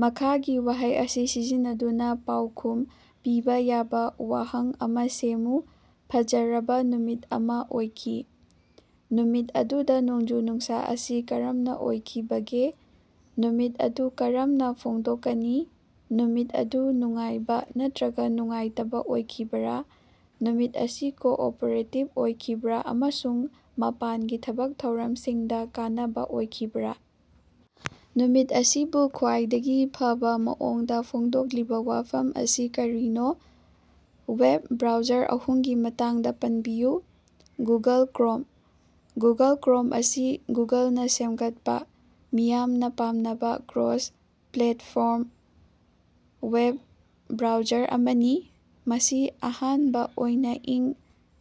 ꯃꯈꯥꯒꯤ ꯋꯥꯍꯩ ꯑꯁꯤ ꯁꯤꯖꯤꯟꯅꯗꯨꯅ ꯄꯥꯎꯈꯨꯝ ꯄꯤꯕ ꯌꯥꯕ ꯋꯥꯍꯪ ꯑꯃ ꯁꯦꯝꯃꯨ꯫ "ꯐꯖꯔꯕ ꯅꯨꯃꯤꯠ ꯑꯃ ꯑꯣꯏꯈꯤ"꯫ ꯅꯨꯃꯤꯠ ꯑꯗꯨꯗ ꯅꯣꯡꯖꯨ-ꯅꯨꯡꯁꯥ ꯑꯁꯤ ꯀꯔꯝꯅ ꯑꯣꯏꯈꯤꯕꯒꯦ? ꯅꯨꯃꯤꯠ ꯑꯗꯨ ꯀꯔꯝꯅ ꯐꯣꯡꯗꯣꯛꯀꯅꯤ? ꯅꯨꯃꯤꯠ ꯑꯗꯨ ꯅꯨꯡꯉꯥꯏꯕ ꯅꯠꯇ꯭ꯔꯒ ꯅꯨꯡꯉꯥꯏꯇꯕ ꯑꯣꯏꯈꯤꯕ꯭ꯔꯥ? ꯅꯨꯃꯤꯠ ꯑꯁꯤ ꯀꯣꯑꯣꯄꯔꯦꯇꯤꯚ ꯑꯣꯏꯈꯤꯕ꯭ꯔꯥ ꯑꯃꯁꯨꯡ ꯃꯄꯥꯟꯒꯤ ꯊꯕꯛ ꯊꯧꯔꯝꯁꯤꯡꯗ ꯀꯥꯟꯅꯕ ꯑꯣꯏꯈꯤꯕ꯭ꯔꯥ? ꯅꯨꯃꯤꯠ ꯑꯁꯤꯕꯨ ꯈ꯭ꯋꯥꯏꯗꯒꯤ ꯐꯕ ꯃꯑꯣꯡꯗ ꯐꯣꯡꯗꯣꯛꯂꯤꯕ ꯋꯥꯐꯝ ꯑꯁꯤ ꯀꯔꯤꯅꯣ? ꯋꯦꯕ ꯕ꯭ꯔꯥꯎꯖꯔ ꯑꯍꯨꯝꯒꯤ ꯃꯇꯥꯡꯗ ꯄꯟꯕꯤꯌꯨ꯫ ꯒꯨꯒꯜ ꯀ꯭ꯔꯣꯝ: ꯒꯨꯒꯜ ꯀ꯭ꯔꯣꯝ ꯑꯁꯤ ꯒꯨꯒꯜꯅ ꯁꯦꯝꯒꯠꯄ ꯃꯤꯌꯥꯝꯅ ꯄꯥꯝꯅꯕ ꯀ꯭ꯔꯣꯁ-ꯄ꯭ꯂꯦꯠꯐꯣꯔꯝ ꯋꯦꯕ ꯕ꯭ꯔꯥꯎꯖꯔ ꯑꯃꯅꯤ꯫ ꯃꯁꯤ ꯑꯍꯥꯟꯕ ꯑꯣꯏꯅ ꯏꯪ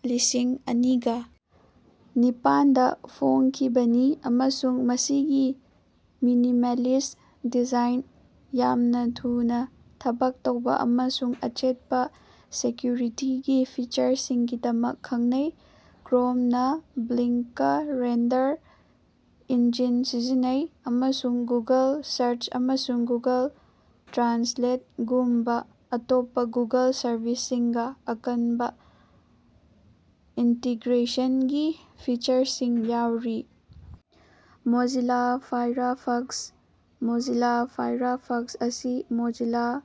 ꯂꯤꯁꯤꯡ ꯑꯅꯤꯒ ꯅꯤꯄꯥꯟꯗ ꯐꯣꯡꯈꯤꯕꯅꯤ ꯑꯃꯁꯨꯡ ꯃꯁꯤꯒꯤ ꯃꯤꯅꯤꯃꯦꯜꯂꯤꯁꯠ ꯗꯤꯖꯥꯏꯟ, ꯌꯥꯝꯅ ꯊꯨꯅ ꯊꯕꯛ ꯇꯧꯕ ꯑꯃꯁꯨꯡ ꯑꯆꯦꯠꯄ ꯁꯦꯀ꯭ꯌꯨꯔꯤꯇꯤꯒꯤ ꯐꯤꯆꯔꯁꯤꯡꯒꯤꯗꯃꯛ ꯈꯪꯅꯩ꯫ ꯀ꯭ꯔꯣꯝꯅ ꯕ꯭ꯂꯤꯡꯀ ꯔꯦꯟꯗꯔ ꯏꯟꯖꯤꯟ ꯁꯤꯖꯤꯟꯅꯩ ꯑꯃꯁꯨꯡ ꯒꯨꯒꯜ ꯁꯔꯆ ꯑꯃꯁꯨꯡ ꯒꯨꯒꯜ ꯇ꯭ꯔꯥꯟꯁꯂꯦꯠꯒꯨꯝꯕ ꯑꯇꯣꯞꯄ ꯒꯨꯒꯜ ꯁꯔꯚꯤꯁꯁꯤꯡꯒ ꯑꯀꯟꯕ ꯏꯟꯇꯤꯒ꯭ꯔꯦꯁꯟꯒꯤ ꯐꯤꯆꯔꯁꯤꯡ ꯌꯥꯎꯔꯤ꯫ ꯃꯣꯖꯤꯂꯥ ꯐꯥꯏꯔꯐꯛꯁ: ꯃꯣꯖꯤꯂꯥ ꯐꯥꯏꯔꯐꯛꯁ ꯑꯁꯤ ꯃꯣꯖꯤꯂꯥ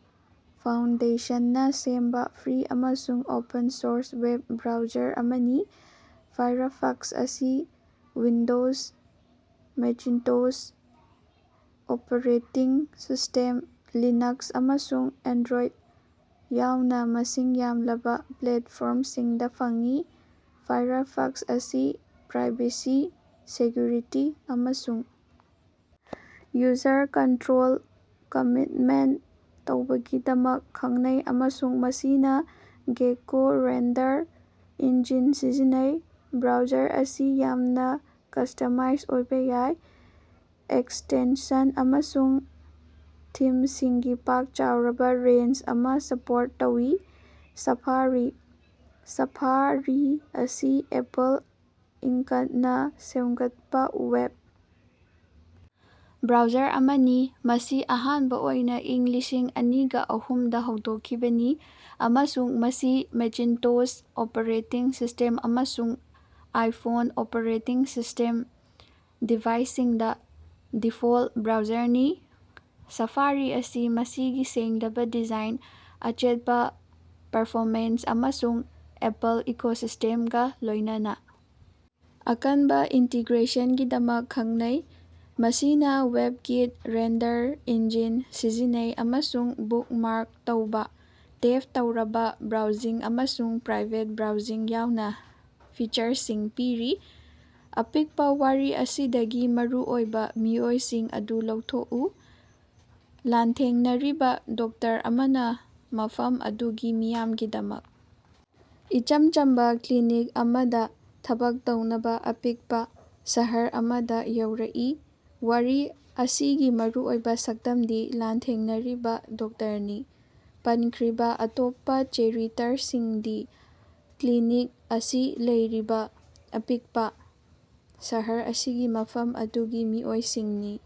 ꯐꯥꯎꯟꯗꯦꯁꯟꯅ ꯁꯦꯝꯕ ꯐ꯭ꯔꯤ ꯑꯃꯁꯨꯡ ꯑꯣꯄꯟ-ꯁꯣꯔꯁ ꯋꯦꯕ ꯕ꯭ꯔꯥꯎꯖꯔ ꯑꯃꯅꯤ꯫ ꯐꯥꯏꯔꯐꯛꯁ ꯑꯁꯤ Windows, Macintosh operating system, Linux ꯑꯃꯁꯨꯡ ꯑꯦꯟꯗ꯭ꯔꯣꯏꯗ ꯌꯥꯎꯅ ꯃꯁꯤꯡ ꯌꯥꯝꯂꯕ ꯄ꯭ꯂꯦꯠꯐꯣꯔꯝꯁꯤꯡꯗ ꯐꯪꯏ꯫ ꯐꯥꯏꯔꯐꯛꯁ ꯑꯁꯤ ꯄ꯭ꯔꯥꯏꯚꯦꯁꯤ, ꯁꯦꯀ꯭ꯌꯨꯔꯤꯇꯤ ꯑꯃꯁꯨꯡ ꯌꯨꯖꯔ ꯀꯟꯇ꯭ꯔꯣꯜꯗ ꯀꯝꯃꯤꯠꯃꯦꯟꯇ ꯇꯧꯕꯒꯤꯗꯃꯛ ꯈꯪꯅꯩ ꯑꯃꯁꯨꯡ ꯃꯁꯤꯅ ꯒꯦꯀꯣ ꯔꯦꯟꯗꯔ ꯏꯟꯖꯤꯟ ꯁꯤꯖꯤꯟꯅꯩ꯫ ꯕ꯭ꯔꯥꯎꯖꯔ ꯑꯁꯤ ꯌꯥꯝꯅ ꯀꯁꯇꯃꯥꯏꯁ ꯑꯣꯏꯕ ꯌꯥꯏ꯫ ꯑꯦꯛꯁꯇꯦꯟꯁꯟ ꯑꯃꯁꯨꯡ ꯊꯤꯝꯁꯤꯡꯒꯤ ꯄꯥꯛ ꯆꯥꯎꯔꯕ ꯔꯦꯟꯖ ꯑꯃ ꯁꯄꯣꯔꯠ ꯇꯧꯏ꯫ ꯁꯥꯐꯥꯔꯤ: ꯁꯥꯐꯥꯔꯤ ꯑꯁꯤ ꯑꯦꯄꯜ ꯏꯟꯀꯅ ꯁꯦꯝꯒꯠꯄ ꯋꯦꯕ ꯕ꯭ꯔꯥꯎꯖꯔ ꯑꯃꯅꯤ꯫ ꯃꯁꯤ ꯑꯍꯥꯟꯕ ꯑꯣꯏꯅ ꯏꯪ ꯂꯤꯁꯤꯡ ꯑꯅꯤꯒ ꯑꯍꯨꯝꯗ ꯍꯧꯗꯣꯛꯈꯤꯕꯅꯤ ꯑꯃꯁꯨꯡ ꯃꯁꯤ ꯃꯦꯆꯤꯟꯇꯣꯁ ꯑꯣꯄꯦꯔꯦꯇꯤꯡ ꯁꯤꯁꯇꯦꯝ ꯑꯃꯁꯨꯡ ꯑꯥꯏꯐꯣꯟ ꯑꯣꯄꯦꯔꯦꯇꯤꯡ ꯁꯤꯁꯇꯦꯝ ꯗꯤꯚꯥꯏꯁꯁꯤꯡꯗ ꯗꯤꯐꯣꯜꯇ ꯕ꯭ꯔꯥꯎꯖꯔꯅꯤ꯫ ꯁꯐꯥꯔꯤ ꯑꯁꯤ ꯃꯁꯤꯒꯤ ꯁꯦꯡꯂꯕ ꯗꯤꯖꯥꯏꯟ, ꯑꯆꯦꯠꯄ ꯄꯔꯐꯣꯃꯦꯟꯁ ꯑꯃꯁꯨꯡ ꯑꯦꯄꯜ ꯏꯀꯣꯁꯤꯁꯇꯦꯝꯒ ꯂꯣꯏꯅꯅ ꯑꯀꯟꯕ ꯏꯟꯇꯤꯒ꯭ꯔꯦꯁꯟꯒꯤꯗꯃꯛ ꯈꯪꯅꯩ꯫ ꯃꯁꯤꯅ ꯋꯦꯕꯀꯤꯠ ꯔꯦꯟꯗꯔ ꯏꯟꯖꯤꯟ ꯁꯤꯖꯤꯟꯅꯩ ꯑꯃꯁꯨꯡ ꯕꯨꯛꯃꯥꯔꯛ ꯇꯧꯕ, ꯇꯦꯕ ꯇꯧꯔꯕ ꯕ꯭ꯔꯥꯎꯖꯤꯡ ꯑꯃꯁꯨꯡ ꯄ꯭ꯔꯥꯏꯚꯦꯠ ꯕ꯭ꯔꯥꯎꯖꯤꯡ ꯌꯥꯎꯅ ꯐꯤꯆꯔꯁꯤꯡ ꯄꯤꯔꯤ꯫ ꯑꯄꯤꯕ ꯋꯥꯔꯤ ꯑꯁꯤꯗꯒꯤ ꯃꯔꯨꯑꯣꯏꯕ ꯃꯤꯑꯣꯏꯁꯤꯡ ꯑꯗꯨ ꯂꯧꯊꯣꯛꯎ꯫ ꯂꯥꯟꯊꯦꯡꯅꯔꯤꯕ ꯗꯣꯛꯇꯔ ꯑꯃꯅ ꯃꯐꯝ ꯑꯗꯨꯒꯤ ꯃꯤꯌꯥꯝꯒꯤꯗꯃꯛ ꯏꯆꯝ ꯆꯝꯕ ꯀ꯭ꯂꯤꯅꯤꯛ ꯑꯃꯗ ꯊꯕꯛ ꯇꯧꯅꯕ ꯑꯄꯤꯛꯄ ꯁꯍꯔ ꯑꯃꯗ ꯌꯧꯔꯛꯏ꯫ ꯋꯥꯔꯤ ꯑꯁꯤꯒꯤ ꯃꯔꯨꯑꯣꯏꯕ ꯁꯛꯇꯝꯗꯤ ꯂꯥꯟꯊꯦꯡꯅꯔꯤꯕ ꯗꯣꯛꯇꯔꯅꯤ꯫ ꯄꯟꯈ꯭ꯔꯤꯕ ꯑꯇꯣꯞꯄ ꯆꯦꯔꯤꯇꯔꯁꯤꯡꯗꯤ ꯀ꯭ꯂꯤꯅꯤꯛ ꯑꯁꯤ ꯂꯩꯔꯤꯕ ꯑꯄꯤꯛꯄ ꯁꯍꯔ ꯑꯁꯤꯒꯤ ꯃꯐꯝ ꯑꯗꯨꯒꯤ ꯃꯤꯑꯣꯏꯁꯤꯡꯅꯤ꯫